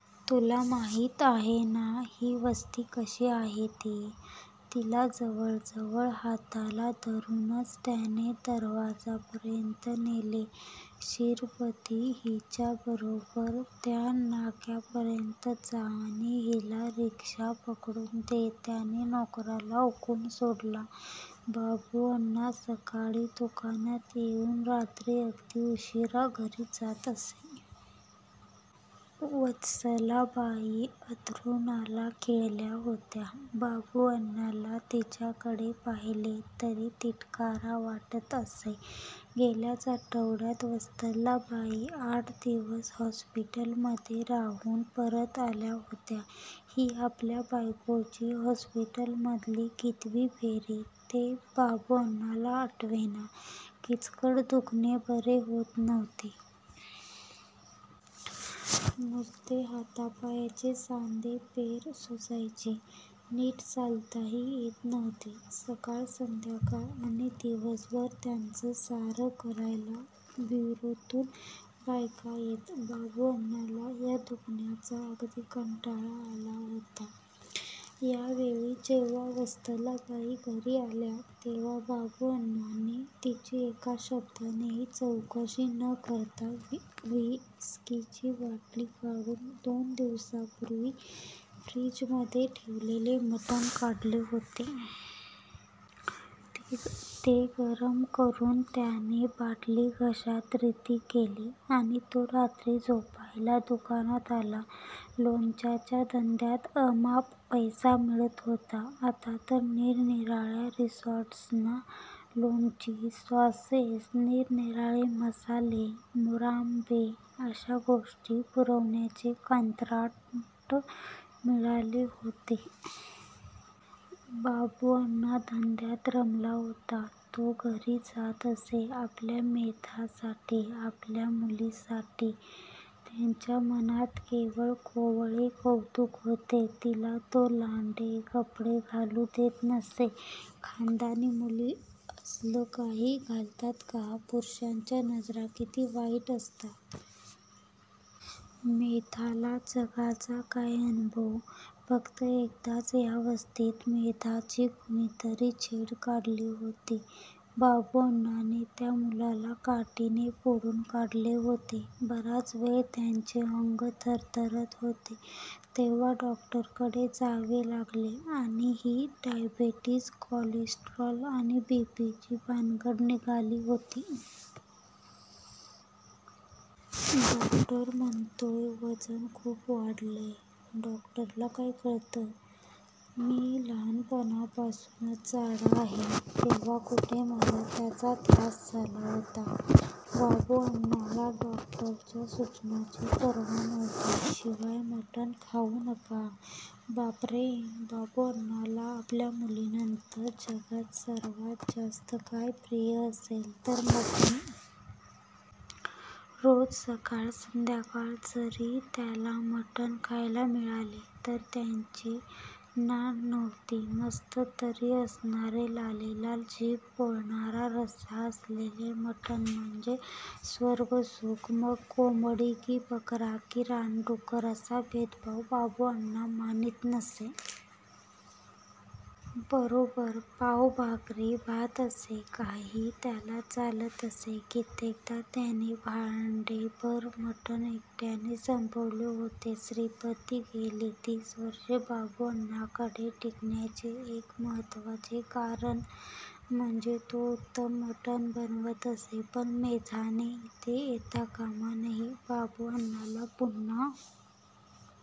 तुला माहीत आहे ना ही वस्ती कशी आहे ती? " तिला जवळजवळ हाताला धरूनच त्याने दरवाजापर्यंत नेले. "शिरपती हीच्या बरोबर त्या नाक्यापर्यंत जा आणि हिला रिक्शा पकडून दे" त्याने नोकराला हुकूम सोडला. बाबुअण्णा सकाळी दुकानात येऊन रात्री अगदी उशीरा घरी जात असे. वत्सलाबाई अंथरुणाला खिळल्या होत्या. बाबुअण्णाला तिच्याकडे पाहिले तरी तिटकारा वाटत असे. गेल्याच आठवड्यात वत्सलाबाई आठ दिवस हॉस्पिटलमध्ये राहून परत आल्या होत्या. ही आपल्या बायकोची हॉस्पिटलमधली कितवी फेरी ते बाबुअण्णाला आठवेना. किचकट दुखणे बरे होत नव्हते. नुसते हातापायाचे सांधे पेरं सुजायची. नीट चालताही येत नव्हते. सकाळ, संध्याकाळ आणि दिवसभर त्यांचं सारं करायला ब्युरोतून बायका येत. बाबुअण्णाला या दुखण्याचा अगदी कंटाळा आला होता. यावेळी जेव्हा वत्सलाबाई घरी आल्या तेव्हा बाबुअण्णाने तिची एका शब्दानेही चौकशी न करता व्हिस्कीची बाटली काढून दोन दिवसापूर्वी फ्रिजमध्ये ठेवलेले मटण काढले होते. ते गरम करून त्याने बाटली घशात रिती केली आणि तो रात्री झोपायला दुकानात आला. लोणच्याच्या धंद्यात अमाप पैसा मिळत होता. आता तर निरनिराळ्या रिसॉर्टसना लोणची, सॉसेस, निरनिराळे मसाले, मुरांबे अशा गोष्टी पुरवण्याचे कंत्राट मिळाले होते. बाबुअण्णा धंद्यात रमला होता. तो घरी जात असे आपल्या मेधासाठी. आपल्या मुलीसाठी त्याच्या मनात केवळ कोवळे कौतुक होते. तिला तो लांडे कपडे घालु देत नसे. खानदानी मुली असलं काही घालतात का? पुरुषांच्या नजरा किती वाईट असतात. मेधाला जगाचा काय अनुभव? फक्त एकदाच या वस्तीत मेधाची कुणीतरी छेड काढली होती. बाबुअण्णाने त्या मुलाला काठीने फोडून काढले होते. बराच वेळ त्याचे अंग थरथरत होते. तेव्हा डॉक्टरकडे जावे लागले आणि ही डायबेटीज, कॉलेस्टेरॉल आणि बीपी ची भानगड निघाली होती. डॉक्टर म्हणतोय वजन खूप वाढलंय. डॉक्टरला काय कळतं? मी लहानपणापासूनच जाडा आहे. तेव्हा कुठे मला त्याचा त्रास झाला होता? बाबुअण्णाला डॉक्टरच्या सुचनांची पर्वा नव्हती. शिवाय मटण खाऊ नका? बापरे, बाबुअण्णाला आपल्या मुलीनंतर जगात सर्वात जास्त काय प्रिय असेल तर मटण. रोज सकाळ संध्याकाळ जरी त्याला मटण खायला मिळाले तर त्याची ना नव्हती. मस्त तर्री असणारे लालेलाल, जीभ पोळणारा रस्सा असलेले मटण म्हणजे स्वर्गसुख. मग कोंबडी, की बकरा कि रानडुक्कर असा भेदभाव बाबुअण्णा मानीत नसे. बरोबर पाव, भाकरी, भात असे काहीही त्याला चालत असे. कित्येकदा त्याने भांडेभर मटण एकट्याने संपवले होते. श्रीपती गेली तीस वर्षे बाबुअण्णाकडे टिकण्याचे एक महत्त्वाचे कारण म्हणजे तो उत्तम मटण बनवत असे. पण मेधाने इथे येता कामा नये. बाबुअण्णाला पुन्हा